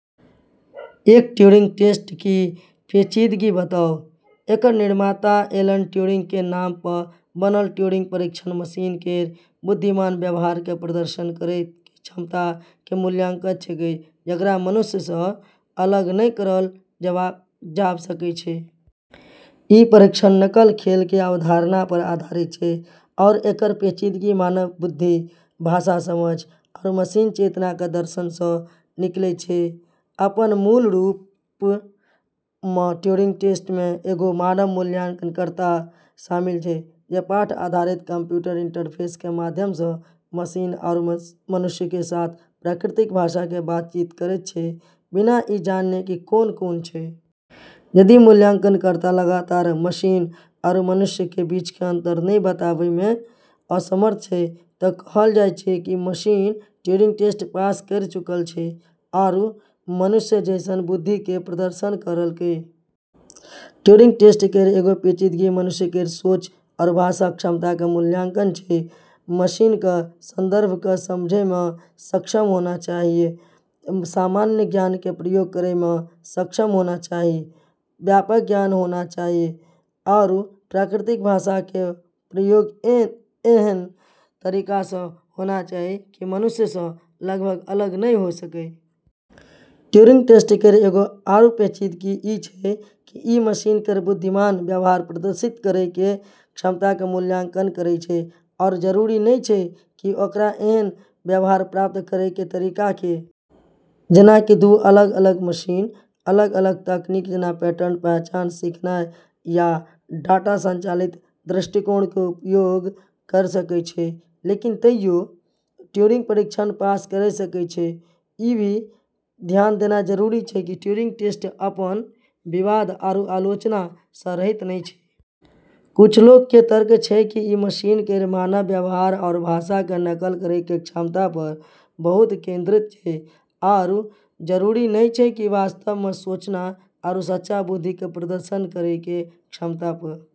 एक Turing test की पेचीदगि बताउ: एकरऽ निर्माता एलन ट्यूरिंग के नाम पऽ बनलऽ ट्यूरिंग परीक्षण मशीन केरऽ बुद्धिमान व्यवहार के प्रदर्शन करै के क्षमता के मूल्यांकन छेकै जेकरा मनुष्य सऽ अलग नै करलऽ जाब सकै छै। ई परीक्षण "नकल खेल" के अवधारणा पर आधारित छै आरू एकरऽ पेचीदगी मानव बुद्धि, भाषा समझ आरू मशीन चेतना के दर्शन सऽ निकलै छै। अपनऽ मूल रूप मऽ ट्यूरिंग टेस्ट म॑ एगो मानव मूल्यांकनकर्ता शामिल छै जे पाठ आधारित कंप्यूटर इंटरफेस के माध्यम सऽ मशीन आरू मनुष्य के साथ प्राकृतिक भाषा के बातचीत करै छै, बिना ई जानने कि कोन कोन छै। यदि मूल्यांकनकर्ता लगातार मशीन आरू मनुष्य के बीच के अंतर नै बताबै में असमर्थ छै तऽ कहलऽ जाय छै कि मशीन ट्यूरिंग टेस्ट पास करी चुकलऽ छै, आरू मनुष्य जैसनऽ बुद्धि के प्रदर्शन करलकै। ट्यूरिंग टेस्ट केरऽ एगो पेचीदगी मशीन केरऽ "सोच" आरू भाषा क्षमता के मूल्यांकन छै। मशीन कऽ संदर्भ कऽ समझै मऽ सक्षम होना चाहियऽ, सामान्य ज्ञान के प्रयोग करै मऽ सक्षम होना चाहियऽ, व्यापक ज्ञान होना चाहियऽ, आरू प्राकृतिक भाषा के प्रयोग ऐन्हऽ तरीका सऽ होना चाहियऽ कि मनुष्य सऽ लगभग अलग नै होय सकै। ट्यूरिंग टेस्ट केरऽ एगो आरू पेचीदगी ई छै कि ई मशीन केरऽ बुद्धिमान व्यवहार प्रदर्शित करै के क्षमता के मूल्यांकन करै छै आरू जरूरी नै छै कि ओकरा ऐन्हऽ व्यवहार प्राप्त करै के तरीका के। जेना कि दू अलग-अलग मशीन अलग-अलग तकनीक जेना पैटर्न पहचान, सीखनाय या डाटा संचालित दृष्टिकोण कें उपयोग कयर सकय छै, लेकिन तइयो, ट्यूरिंग परीक्षण पास करय सकय छै। ई भी ध्यान देना जरूरी छै कि ट्यूरिंग टेस्ट अपनऽ विवाद आरू आलोचना सऽ रहित नै छै। कुछ लोगऽ के तर्क छै कि ई मशीन केरऽ मानव व्यवहार आरू भाषा के नकल करै के क्षमता पऽ बहुत केंद्रित छै, आरू जरूरी नै छै कि वास्तव मऽ "सोचना" आरू सच्चा बुद्धि के प्रदर्शन करै के क्षमता पऽ।